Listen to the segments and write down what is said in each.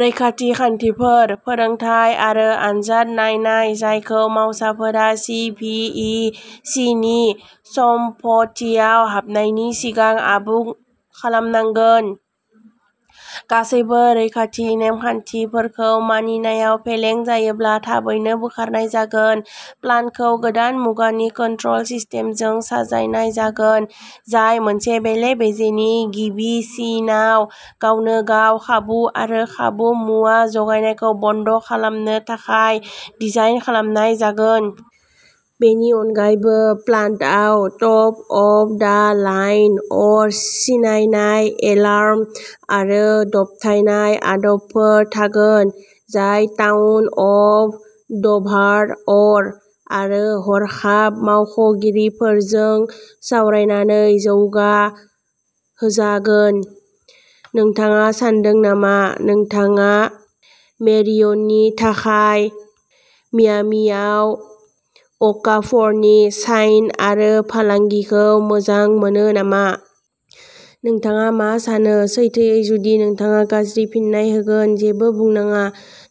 रैखाथि खान्थिफोर, फोरोंथाय आरो आनजाद नायनाय जायखौ मावसाफोरा सि भि इ सि नि सम्फथियाव हाबनायनि सिगां आबुं खालामनांगोन। गासैबो रैखाथि नेमखान्थिफोरखौ मानिनायाव फेलें जायोब्ला थाबैनो बोखारनाय जागोन। प्लान्टखौ गोदान मुगानि कन्ट्रल सिस्टेमजों साजायनाय जागोन, जाय मोनसे बेले-बेजेनि गिबि सिनआव गावनो-गाव खाबु आरो खाबु मुवा जगायनायखौ बन्द खालामनो थाखाय डिजाइन खालामनाय जागोन। बेनि अनगायैबो, प्लान्टआव टप अफ दा लाइन अर सिनायनाय, एलार्म आरो दबथायनाय आदबफोर थागोन, जाय टाउन अफ डभार अर आरो हरखाब मावख'गिरिफोरजों सावरायनानै जौगाहोजागोन। नोंथाङा सानदों नामा, नोंथाङा मेरियननि थाखाय मियामिआव अकाफरनि साइन आरो फालांगिखौ मोजां मोनो नामा। नोंथाङा मा सानो? सैथोयै, जुदि नोंथाङा गाज्रि फिननाय होगोन, जेबो बुंनाङा।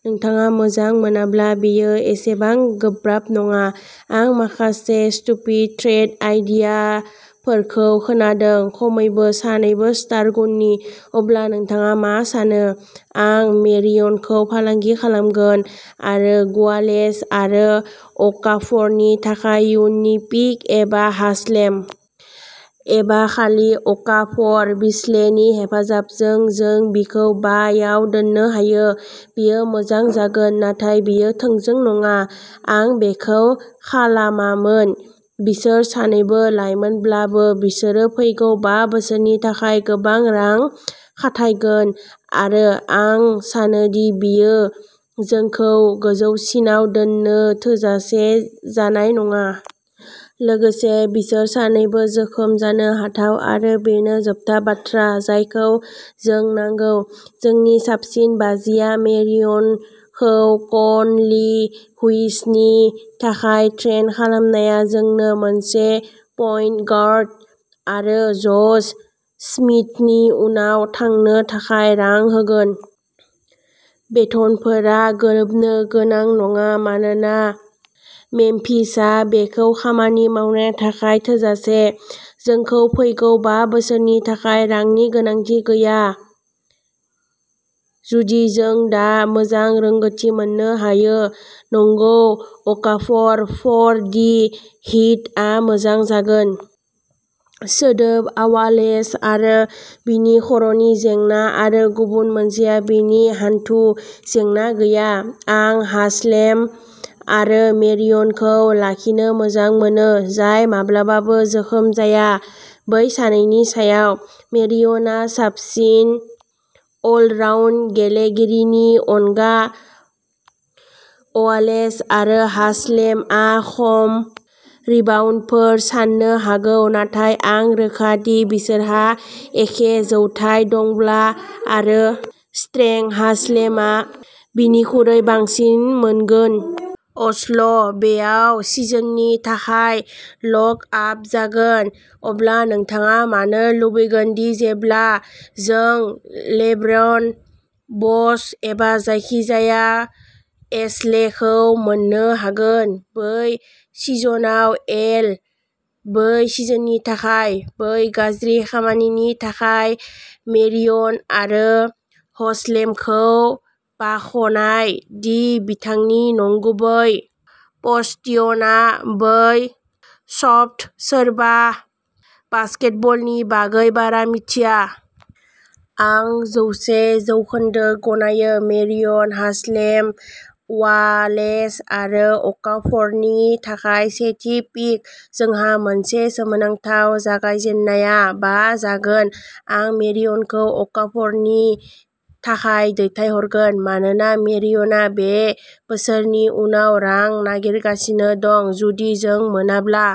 नोंथाङा मोजां मोनाब्ला बेयो एसेबां गोब्राब नङा। आं माखासे स्टुपिड ट्रेड आइडियाफोरखौ खोनादों। खमैबो सानैबो स्टार गुननि। अब्ला नोंथाङा मा सानो। आं मेरियनखौ फालांगि खालामगोन, आरो गवालेस आरो अकाफरनि थाखाय इयुननि पिक एबा हासलेम। एबा खालि अकाफर। बिस्लेनि हेफाजाबजों जों बिखौ बा याव दोननो हायो। बेयो मोजां जागोन नाथाय बेयो थोंजों नङा। आं बेखौ खालामामोन। बिसोर सानैबो लाइमोनब्लाबो बिसोरो फैगौ बा बोसोरनि थाखाय गोबां रां खाथायगोन आरो आं सानो दि बेयो जोंखौ गोजौसिनाव दोननो थोजासे जानाय नङा। लोगोसे बिसोर सानैबो जोखोम जानो हाथाव आरो बेनो जोबथा बाथ्रा जायखौ जों नांगौ। जोंनि साबसिन बाजिआ मेरियनखौ कनलि हुइसनि थाखाय ट्रेड खालामनाया जोंनो मोनसे पइन्ट गार्ड आरो जस स्मिथनि उनाव थांनो थाखाय रां होगोन। बेथनफोरा गोरोबनो गोनां नङा मानोना मेम्फिसआ बेखौ खामानि मावनो थाखाय थोजासे। जोंनो फैगौ बा बोसोरनि थाखाय रांनि गोनांथि गैया। जुदि जों दा मोजां रोंग'थि मोननो हायो। नंगौ अकाफर फर दि हिटआ मोजां जागोन। सोदोब, अवालेस आरो बिनि खर'नि जेंना आरो गुबुन मोनसेआ बिनि हानथु जेंना गैया, आं हासलेम आरो मेरियनखौ लाखिनो मोजां मोनो, जाय माब्लाबाबो जोखोम जाया, बै सानैनि सायाव। मेरियनआ साबसिन अलराउन्ड गेलेगिरिनि अनगा अवालेस आरो हासलेमआ खम रिबाउन्डफोर साननो हागौ नाथाय आं रोखा दि बिसोरहा एखे जौथाय दंब्ला, आरो स्ट्रें हासलेमआ बिनिख्रुइ बांसिन मोनगोन। अस्ल' बेयाव सिजोननि थाखाय लक आप जागोन, अब्ला नोंथाङा मानो लुबैगोन दि जेब्ला जों लेब्रन, ब'श एबा जायखिजाया एसलेखौ मोन्नो हागोन। बै सिजनआव एल बै सिजोननि थाखाय। बै गाज्रि खामानिनि थाखाय मेरियन आरो हासलेमखौ बाखनाय, दि बिथांनि नंगुबै प'स्टियनआ ब्रै स्पट, सोरबा बास्केटबलनि बागै बारा मिथिया। आं जौसे जौखोन्दो गनायो मेरियन हासलेम अवालेस आरो अकाफरनि थाखाय सेथि पिक, जोंहा मोनसे सोमोनांथाव जागायजेननाया बा जागोन। आं मेरियनखौ अकाफरनि थाखाय दैथायहरगोन मानोना मेरियनआ बे बोसोरनि उनाव रां नागिरगासिनो दं। जुदि जों मोनाब्ला।